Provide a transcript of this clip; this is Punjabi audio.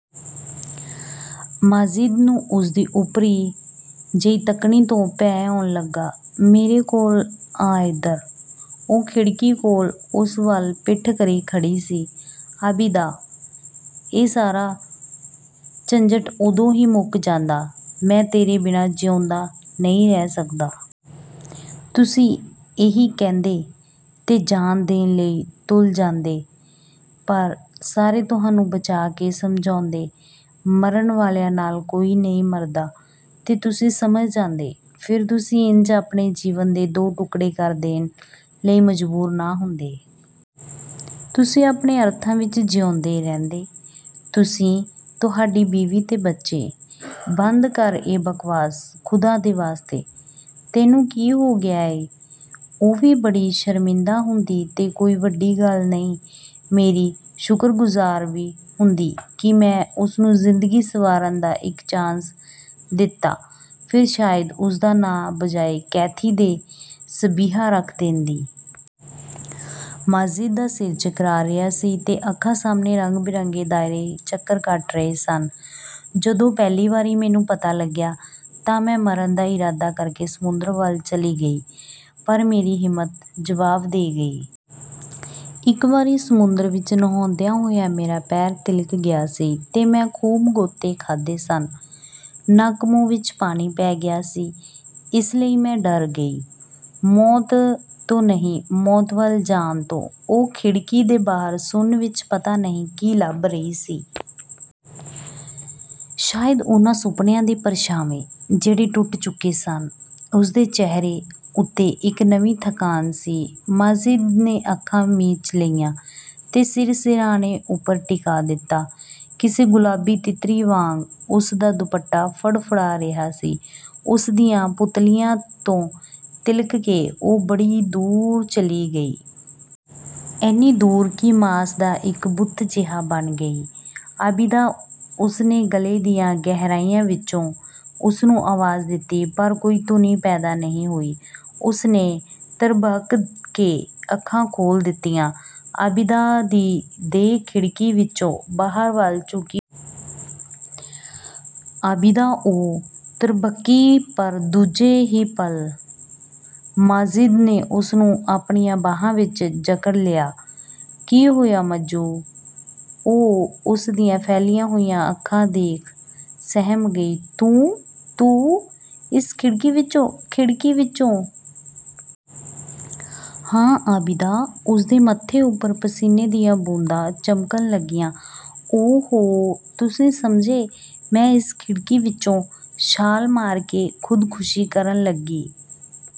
"ਮਾਜਿਦ ਨੂੰ ਉਸਦੀ ਓਪਰੀ-ਜਿਹੀ ਤੱਕਣੀ ਤੋਂ ਭੈ ਆਉਣ ਲੱਗਾ। 'ਮੇਰੇ ਕੋਲ ਆ ਇੱਧਰ!'" ਉਹ ਖਿੜਕੀ ਕੋਲ ਉਸ ਵੱਲ ਪਿੱਠ ਕਰੀ ਖੜ੍ਹੀ ਸੀ। "ਆਬਿਦਾ" "ਇਹ ਸਾਰਾ ਝੰਜਟ ਉਦੋਂ ਹੀ ਮੁੱਕ ਜਾਂਦਾ" "ਮੈਂ ਤੇਰੇ ਬਿਨਾਂ ਜਿਊਂਦਾ ਨਹੀਂ ਰਹਿ ਸਕਦਾ।" "ਤੁਸੀਂ ਇਹੀ ਕਹਿੰਦੇ, ਤੇ ਜਾਨ ਦੇਣ ਲਈ ਤੁਲ ਜਾਂਦੇ। ਪਰ ਸਾਰੇ ਤੁਹਾਨੂੰ ਬਚਾਅ ਕੇ ਸਮਝਾਉਂਦੇ, 'ਮਰਨ ਵਾਲਿਆਂ ਨਾਲ ਕੋਈ ਨਹੀਂ ਮਰਦਾ।' ਤੇ ਤੁਸੀਂ ਸਮਝ ਜਾਂਦੇ। ਫਿਰ ਤੁਸੀਂ ਇੰਜ ਆਪਣੇ ਜੀਵਨ ਦੇ ਦੋ ਟੁਕੜੇ ਕਰ ਦੇਣ ਲਈ ਮਜਬੂਰ ਨਾ ਹੁੰਦੇ। ਤੁਸੀਂ ਆਪਣੇ ਅਰਥਾਂ ਵਿੱਚਜਿਊਂਦੇ ਰਹਿੰਦੇ। ਤੁਸੀਂ, ਤੁਹਾਡੀ ਬੀਵੀ ਤੇ ਬੱਚੀ।" "ਬੰਦ ਕਰ ਇਹ ਬਕਵਾਸ, ਖ਼ੁਦਾ ਦੇ ਵਾਸਤੇ! ਤੈਨੂੰ ਕੀ ਹੋ ਗਿਆ ਹੈ?" "ਉਹ ਵੀ ਬੜੀ ਸ਼ਰਮਿੰਦਾ ਹੁੰਦੀ। ਤੇ ਕੋਈ ਵੱਡੀ ਗੱਲ ਨਹੀਂ, ਮੇਰੀ ਸ਼ੁਕਰਗੁਜ਼ਾਰ ਵੀ ਹੁੰਦੀ ਕਿ ਮੈਂ ਉਸਨੂੰ ਜ਼ਿੰਦਗੀ ਸੰਵਾਰਨ ਦਾ ਇੱਕ ਚਾਂਸ ਦਿੱਤਾ ਹੈ, ਫਿਰ ਸ਼ਾਇਦ ਉਸਦਾ ਨਾਂ ਬਜਾਏ ਕੈਥੀ ਦੇ ਸਬੀਹਾ ਰੱਖ ਦੇਂਦੀ।" ਮਾਜਿਦ ਦਾ ਸਿਰ ਚਕਰਾ ਰਿਹਾ ਸੀ ਤੇ ਅੱਖਾਂ ਸਾਹਮਣੇ ਰੰਗ-ਬਿਰੰਗੇ ਦਾਇਰੇ ਚੱਕਰ ਕੱਟ ਰਹੇ ਸਨ। "ਜਦੋਂ ਪਹਿਲੀ ਵਾਰੀ ਮੈਨੂੰ ਪਤਾ ਲੱਗਿਆ ਤਾਂ ਮੈਂ ਮਰਨ ਦਾ ਇਰਾਦਾ ਕਰਕੇ ਸਮੁੰਦਰ ਵੱਲ ਚਲੀ ਗਈ, ਪਰ ਮੇਰੀ ਹਿੰਮਤ ਜਵਾਬ ਦੇ ਗਈ। ਇੱਕ ਵਾਰੀ ਸਮੁੰਦਰ ਵਿੱਚ ਨਹਾਉਂਦਿਆਂ ਹੋਇਆਂ ਮੇਰਾ ਪੈਰ ਤਿਲ੍ਹਕ ਗਿਆ ਸੀ ਤੇ ਮੈਂ ਖੂਬ ਗੋਤੇ ਖਾਧੇ ਸਨ, ਨੱਕ-ਮੂੰਹ ਵਿੱਚ ਪਾਣੀ ਪੈ ਗਿਆ ਸੀ। ਇਸ ਲਈ ਮੈਂ ਡਰ ਗਈ, ਮੌਤ ਤੋਂ ਨਹੀਂ, ਮੌਤ ਵੱਲ ਜਾਣ ਤੋਂ" ਉਹ ਖਿੜਕੀ ਦੇ ਬਾਹਰ ਸੁੰਨ ਵਿੱਚ ਪਤਾ ਨਹੀਂ ਕੀ ਲੱਭ ਰਹੀ ਸੀ? ਸ਼ਾਇਦ ਉਹਨਾਂ ਸੁਪਨਿਆਂ ਦੇ ਪਰਛਾਵੇਂ, ਜਿਹੜੇ ਟੁੱਟ ਚੁੱਕੇ ਸਨ। ਉਸਦੇ ਚਿਹਰੇ ਉੱਤੇ ਇੱਕ ਨਵੀਂ ਥਕਾਨ ਸੀ। ਮਾਜਿਦ ਨੇ ਅੱਖਾਂ ਮੀਚ ਲਈਆਂ ਤੇ ਸਿਰ ਸਿਰਹਾਣੇ ਉੱਪਰ ਟਿਕਾ ਦਿੱਤਾ। ਕਿਸੇ ਗੁਲਾਬੀ ਤਿੱਤਰੀ ਵਾਂਗ ਉਸਦਾ ਦੁਪੱਟਾ ਫੜਫੜਾ ਰਿਹਾ ਸੀ, ਉਸਦੀਆਂ ਪੁਤਲੀਆਂ ਉਤੋਂ ਤਿਲ੍ਹਕ ਕੇ ਉਹ ਬੜੀ ਦੂਰ ਚਲੀ ਗਈ। ਇੰਨੀ ਦੂਰ ਕਿ ਮਾਸ ਦਾ ਇੱਕ ਬੁੱਤ ਜਿਹਾ ਬਣ ਗਈ। "ਆਬਿਦਾ" ਉਸਨੇ ਗਲ਼ੇ ਦੀਆਂ ਗਹਿਰਾਈਆਂ ਵਿੱਚੋਂ ਉਸਨੂੰ ਆਵਾਜ਼ ਦਿੱਤੀ, ਪਰ ਕੋਈ ਧੁਨੀ ਪੈਦਾ ਨਹੀਂ ਹੋਈ। ਉਸਨੇ ਤ੍ਰਭਕ ਕੇ ਅੱਖਾਂ ਖੋਲ੍ਹ ਦਿੱਤੀਆਂ। ਆਬਿਦਾ ਦੀ ਦੇਹ ਖਿੜਕੀ ਵਿੱਚੋਂ ਬਾਹਰ ਵੱਲ ਝੁਕੀ ਹੋਈ ਸੀ। "ਆਬਿਦਾ" ਉਹ ਤ੍ਰਭਕੀ। ਪਰ ਦੂਜੇ ਹੀ ਪਲ ਮਾਜਿਦ ਨੇ ਉਸਨੂੰ ਆਪਣੀਆਂ ਬਾਹਾਂ ਵਿੱਚ ਜਕੜ ਲਿਆ। "ਕੀ ਹੋਇਆ ਮੱਜੂ?" ਉਹ ਉਸਦੀਆਂ ਫੈਲੀਆਂ ਹੋਈਆਂ ਅੱਖਾਂ ਦੇਖ ਕੇ ਸਹਿਮ ਗਈ। "ਤੂੰ-ਤੂੰ, ਇਸ ਖਿੜਕੀ ਵਿੱਚੋਂ" "ਖਿੜਕੀ ਵਿੱਚੋਂ?" "ਹਾਂ, ਆਬਿਦਾ," ਉਸਦੇ ਮੱਥੇ ਉੱਪਰ ਪਸੀਨੇ ਦੀਆਂ ਬੂੰਦਾਂ ਚਮਕਣ ਲੱਗੀਆਂ। "ਓ-ਹੋ, ਤੁਸੀਂ ਸਮਝੇ, ਮੈਂ ਇਸ ਖਿੜਕੀ ਵਿੱਚੋਂ ਛਾਲ ਮਾਰ ਕੇ ਖੁਦਕਸ਼ੀ ਕਰਨ ਲੱਗੀ"